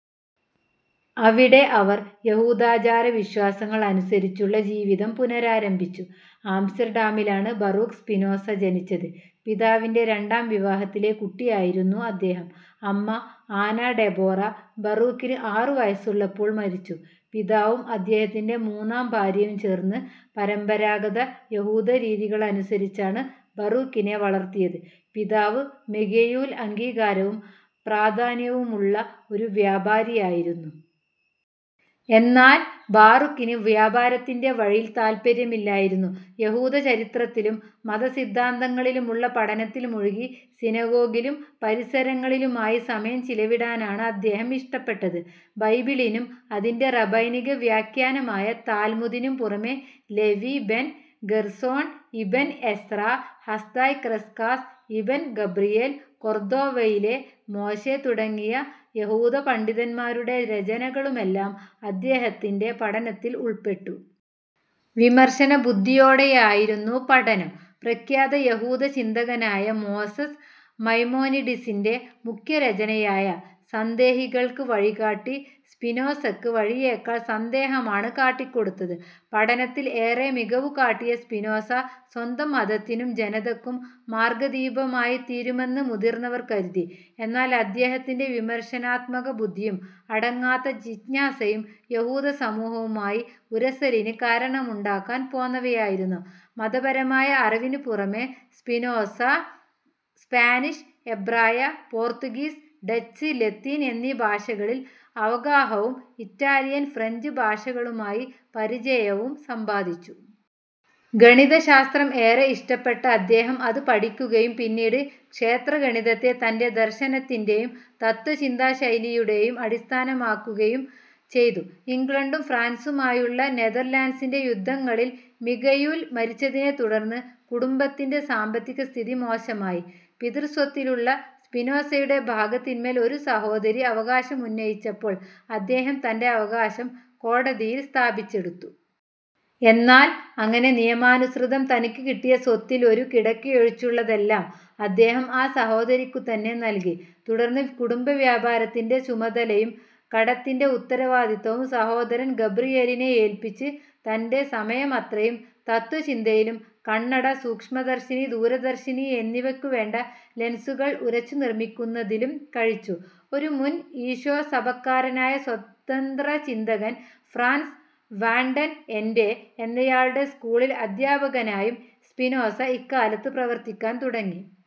അവിടെ അവർ യഹൂദാചാരവിശ്വാസങ്ങൾ അനുസരിച്ചുള്ള ജീവിതം പുനരാരംഭിച്ചു. ആംസ്റ്റർഡാമിലാണ് ബറൂക്ക് സ്പിനോസ ജനിച്ചത്. പിതാവിന്റെ രണ്ടാം വിവാഹത്തിലെ കുട്ടിയായിരുന്നു അദ്ദേഹം. അമ്മ ആനാ ഡെബോറ, ബറൂക്കിന് ആറുവയസ്സുള്ളപ്പോൾ മരിച്ചു. പിതാവും അദ്ദേഹത്തിന്റെ മൂന്നാം ഭാര്യയും ചേർന്ന് പരമ്പരാഗതയഹൂദരീതികളനുസരിച്ചാണ് ബറൂക്കിനെ വളർത്തിയത്. പിതാവ് മിഗയൂൽ അംഗീകാരവും പ്രാധാന്യവുമുള്ള ഒരു വ്യാപാരിയായിരുന്നു. എന്നാൽ ബാറുക്കിന് വ്യാപാരത്തിന്റെ വഴിയിൽ താത്പര്യമില്ലായിരുന്നു. യഹൂദചരിത്രത്തിലും മതസിദ്ധാന്തങ്ങളിലുമുള്ള പഠനത്തിൽ മുഴുകി സിനഗോഗിലും പരിസരങ്ങളിലുമായി സമയം ചിലവിടാനാണ് അദ്ദേഹം ഇഷ്ടപ്പെട്ടത്. ബൈബിളിനും അതിന്റെ റബൈനികവ്യാഖ്യാനമായ താൽമുദിനും പുറമേ, Levi ben Gerson, Ibn Ezra, Hasdai Crescas, Ibn Gabriel, കൊർദോവയിലെ മോശെ തുടങ്ങിയ യഹൂദപണ്ഡിതന്മാരുടെ രചനകളുമെല്ലാം അദ്ദേഹത്തിന്റെ പഠനത്തിൽ ഉൾപ്പെട്ടു. വിമർശനബുദ്ധിയോടെയായിരുന്നു പഠനം. പ്രഖ്യാതയഹൂദചിന്തകനായ മോസസ് മൈമോനിഡിസിന്റെ മുഖ്യരചനയായ "സന്ദേഹികൾക്ക് വഴികാട്ടി" സ്പിനോസക്ക് വഴിയേക്കാൾ സന്ദേഹമാണ് കാട്ടിക്കൊടുത്തത്. പഠനത്തിൽ ഏറെ മികവുകാട്ടിയ സ്പിനോസ സ്വന്തം മതത്തിനും ജനതക്കും മാർഗ്ഗദീപമായിത്തീരുമെന്ന് മുതിർന്നവർ കരുതി. എന്നാൽ അദ്ദേഹത്തിന്റെ വിമർശനാത്മകബുദ്ധിയും അടങ്ങാത്ത ജിജ്ഞാസയും യഹൂദസമൂഹവുമായി ഉരസലിന് കാരണമുണ്ടാക്കാൻ പോന്നവയായിരുന്നു. മതപരമായ അറിവിനുപുറമേ സ്പിനോസ സ്പാനിഷ്, എബ്രായ, പോർത്തുഗീസ്, ഡച്ച്, ലത്തീൻ എന്നീ ഭാഷകളിൽ അവഗാഹവും ഇറ്റാലിയൻ, ഫ്രഞ്ച് ഭാഷകളുമായി പരിചയവും സമ്പാദിച്ചു. ഗണിതശാസ്ത്രം ഏറെ ഇഷ്ടപ്പെട്ട അദ്ദേഹം അത് പഠിക്കുകയും പിന്നീട്, ക്ഷേത്രഗണിതത്തെ തന്റെ ദർശനത്തിന്റേയും തത്ത്വചിന്താശൈലിയുടേയും അടിസ്ഥാനമാക്കുകയും ചെയ്തു. ഇംഗ്ലണ്ടും ഫ്രാൻസുമായുള്ള നെഥർലാൻഡ്സിന്റെ യുദ്ധങ്ങളിൽ മിഗയൂൽ മരിച്ചതിനെ തുടർന്ന് കുടുംബത്തിന്റെ സാമ്പത്തികസ്ഥിതി മോശമായി. പിതൃസ്വത്തിലുള്ള സ്പിനോസയുടെ ഭാഗത്തിന്മേൽ ഒരു സഹോദരി അവകാശം ഉന്നയിച്ചപ്പോൾ അദ്ദേഹം തന്റെ അവകാശം കോടതിയിൽ സ്ഥാപിച്ചെടുത്തു. എന്നാൽ അങ്ങനെ നിയമാനുസൃതം തനിക്കുകിട്ടിയ സ്വത്തിൽ ഒരു കിടക്കയൊഴിച്ചുള്ളതെല്ലാം അദ്ദേഹം ആ സഹോദരിക്കുതന്നെ നൽകി. തുടർന്ന്, കുടുംബവ്യാപാരത്തിന്റെ ചുമതലയും കടത്തിന്റെ ഉത്തരവാദിത്തവും സഹോദരൻ ഗബ്രിയേലിനെ ഏല്പ്പിച്ച് തന്റെ സമയമത്രയും തത്ത്വചിന്തയിലും കണ്ണട, സൂക്ഷ്മദർശിനി, ദൂരദർശിനി എന്നിവക്കുവേണ്ട ലെൻസുകൾ ഉരച്ചുനിർമ്മിക്കുന്നതിലും കഴിച്ചു. ഒരു മുൻ ഈശോസഭക്കാരനായ സ്വതന്ത്രചിന്തകൻ, ഫ്രാൻസ് വാൻഡെൻ എൻഡെ എന്നയാളുടെ സ്കൂളിൽ അദ്ധ്യപകനായും സ്പിനോസ ഇക്കാലത്ത് പ്രവർത്തിക്കാൻ തുടങ്ങി.